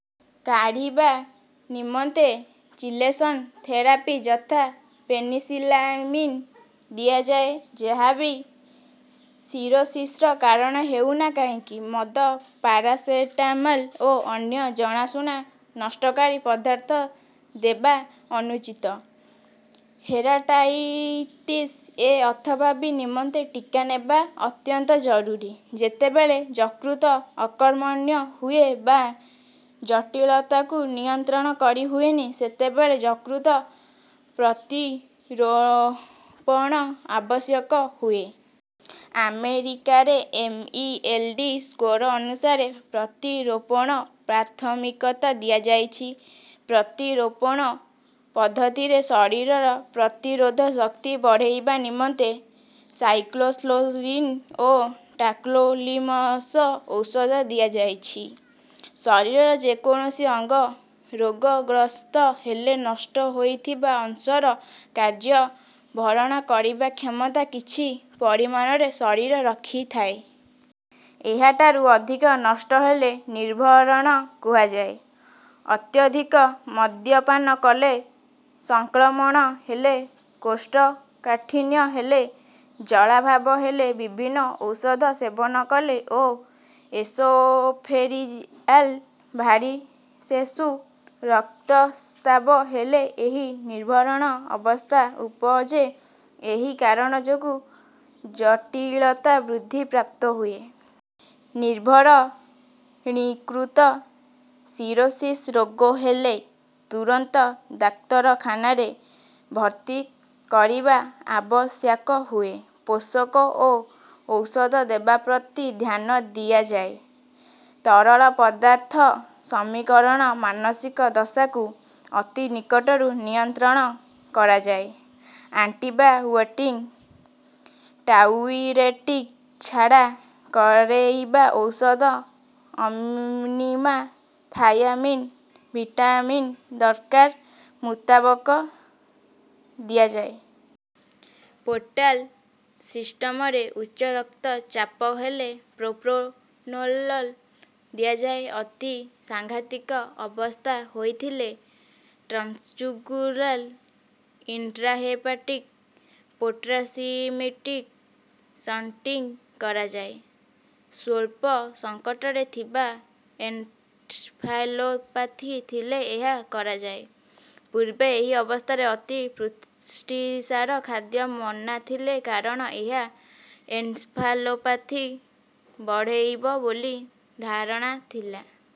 କାଢିବା ନିମନ୍ତେ chelation therapy ଯଥା penicillamine ଦିଆଯାଏ। ଯାହା ବି ସିରୋସିସ୍ର କାରଣ ହେଉ ନା କାହିଁକି ମଦ ପାରାସେଟାମଲ୍ ଓ ଅନ୍ୟ ଜଣାଶୁଣା ନଷ୍ଟକାରୀ ପଦାର୍ଥ ଦେବା ଅନୁଚିତ। ହେରାଟାଇଟିସ୍ ଏ ଅଥବା ବି ନିମନ୍ତେ ଟୀକା ନେବା ଅତ୍ୟନ୍ତ ଜରୁରୀ। ଯେତେବେଳେ ଯକୃତ ଅକର୍ମନ୍ୟ ହୁଏ ବା ଜଟୀଳତାକୁ ନିୟନ୍ତ୍ରଣ କରି ହୁଏନି ସେତେବେଳେ ଯକୃତ ପ୍ରତିରୋପଣ ଆବଶ୍ୟକ ହୁଏ। ଆମେରିକାରେ M. E. L. D. Score ଅନୁସାରେ ପ୍ରତିରୋପଣର ପ୍ରାଥମିକତା ଦିଆଯାଉଛି। ପ୍ରତିରୋପଣ ପଦ୍ଧତିରେ ଶରୀରର ପ୍ରତିରୋଧ ଶକ୍ତି ବଢେଇବା ନିମନ୍ତେ ସାଇକ୍ଲୋସ୍ପୋରିନ୍ ଓ ଟାର୍କୋଲିମସ ଔଷଧ ଦିଆଯାଉଛି। ଶରୀରର ଯେ କୌଣସି ଅଙ୍ଗ ରୋଗଗ୍ରସ୍ତ ହେଲେ ନଷ୍ଟ ହୋଇଥିବା ଅଂଶର କାର୍ଯ୍ୟ ଭରଣା କରିବା କ୍ଷମତା କିଛି ପରିମାଣରେ ଶରୀର ରଖିଥାଏ। ଏହାଠାରୁ ଅଧିକ ନଷ୍ଟ ହେଲେ ନିର୍ଭରଣ କୁହାଯାଏ। ଅତ୍ୟଧିକ ମଦ୍ୟପାନ କଲେ ସଂକ୍ରମଣ ହେଲେ କୋଷ୍ଠକାଠିନ୍ୟ ହେଲେ ଜଳାଭାବ ହେଲେ ବିଭିନ୍ନ ଔଷଧ ସେବନ କଲେ ଓ ଏସୋଫେଜିଆଲ୍ ଭାରିସେସ୍ରୁ ରକ୍ତସ୍ରାବ ହେଲେ ଏହି ନିର୍ଭରଣ ଅବସ୍ଥା ଉପୁଜେ। ଏହି କାରଣ ଯୋଗୁ ଜଟୀଳତା ବୃଦ୍ଧି ପ୍ରାପ୍ତ ହୁଏ। ନିର୍ଭରଣିକୃତ ସିରୋସିସ୍ ରୋଗ ହେଲେ ତୁରନ୍ତ ଡାକ୍ତରଖାନାରେ ଭର୍ତ୍ତି କରିବା ଆବଶ୍ୟାକ ହୁଏ। ପୋଷକ ଓ ଔଷଧ ଦେବା ପ୍ରତି ଧ୍ୟାନ ଦିଆଯାଏ। ତରଳ ପଦାର୍ଥ ସମୀକରଣ ମାନସିକ ଦଶାକୁ ଅତି ନିକଟରୁ ନିୟନ୍ତ୍ରଣ କରାଯାଏ। ଆଣ୍ଟିବାୟୋଟିକ୍ ଡାଇୟୁରେଟିଙ୍ଗ ଝାଡା କରେଇବା ଔଷଧ ଏନିମା ଥାୟାମିନ୍ ଭିଟାମିନ୍ ଦରକାର ମୁତାବକ ଦିଆଯାଏ। ପୋର୍ଟାଲ୍ ସିସ୍ଟମରେ ଉଚ୍ଚ ରକ୍ତ ଚାପ ହେଲେ ପ୍ରୋପ୍ରାନୋଲୋଲ୍ ଦିଆଯାଏ। ଅତି ସାଂଘାତିକ ଅବସ୍ଥା ହୋଇଥିଲେ ଟ୍ରନ୍ସଜୁଗୁଲାର୍ ଇନ୍ଟ୍ରାହେପାଟିକ୍ ପୋର୍ଟୋସିସ୍ଟେମିକ୍ ସଣ୍ଟିଙ୍ଗ କରାଯାଏ। ସ୍ୱଳ୍ପ ସଂକଟରେ ଥିବା ଏନ୍କେଫାଲୋପାଥି ଥିଲେ ଏହା କରାଯାଏ। ପୂର୍ବେ ଏହି ଅବସ୍ଥାରେ ଅତି ପୁଷ୍ଟିସାର ଖାଦ୍ୟ ମନା ଥିଲା କାରଣ ଏହା ଏନ୍କେଫାଲୋପାଥି ବଢେଇବ ବୋଲି ଧାରଣା ଥିଲା।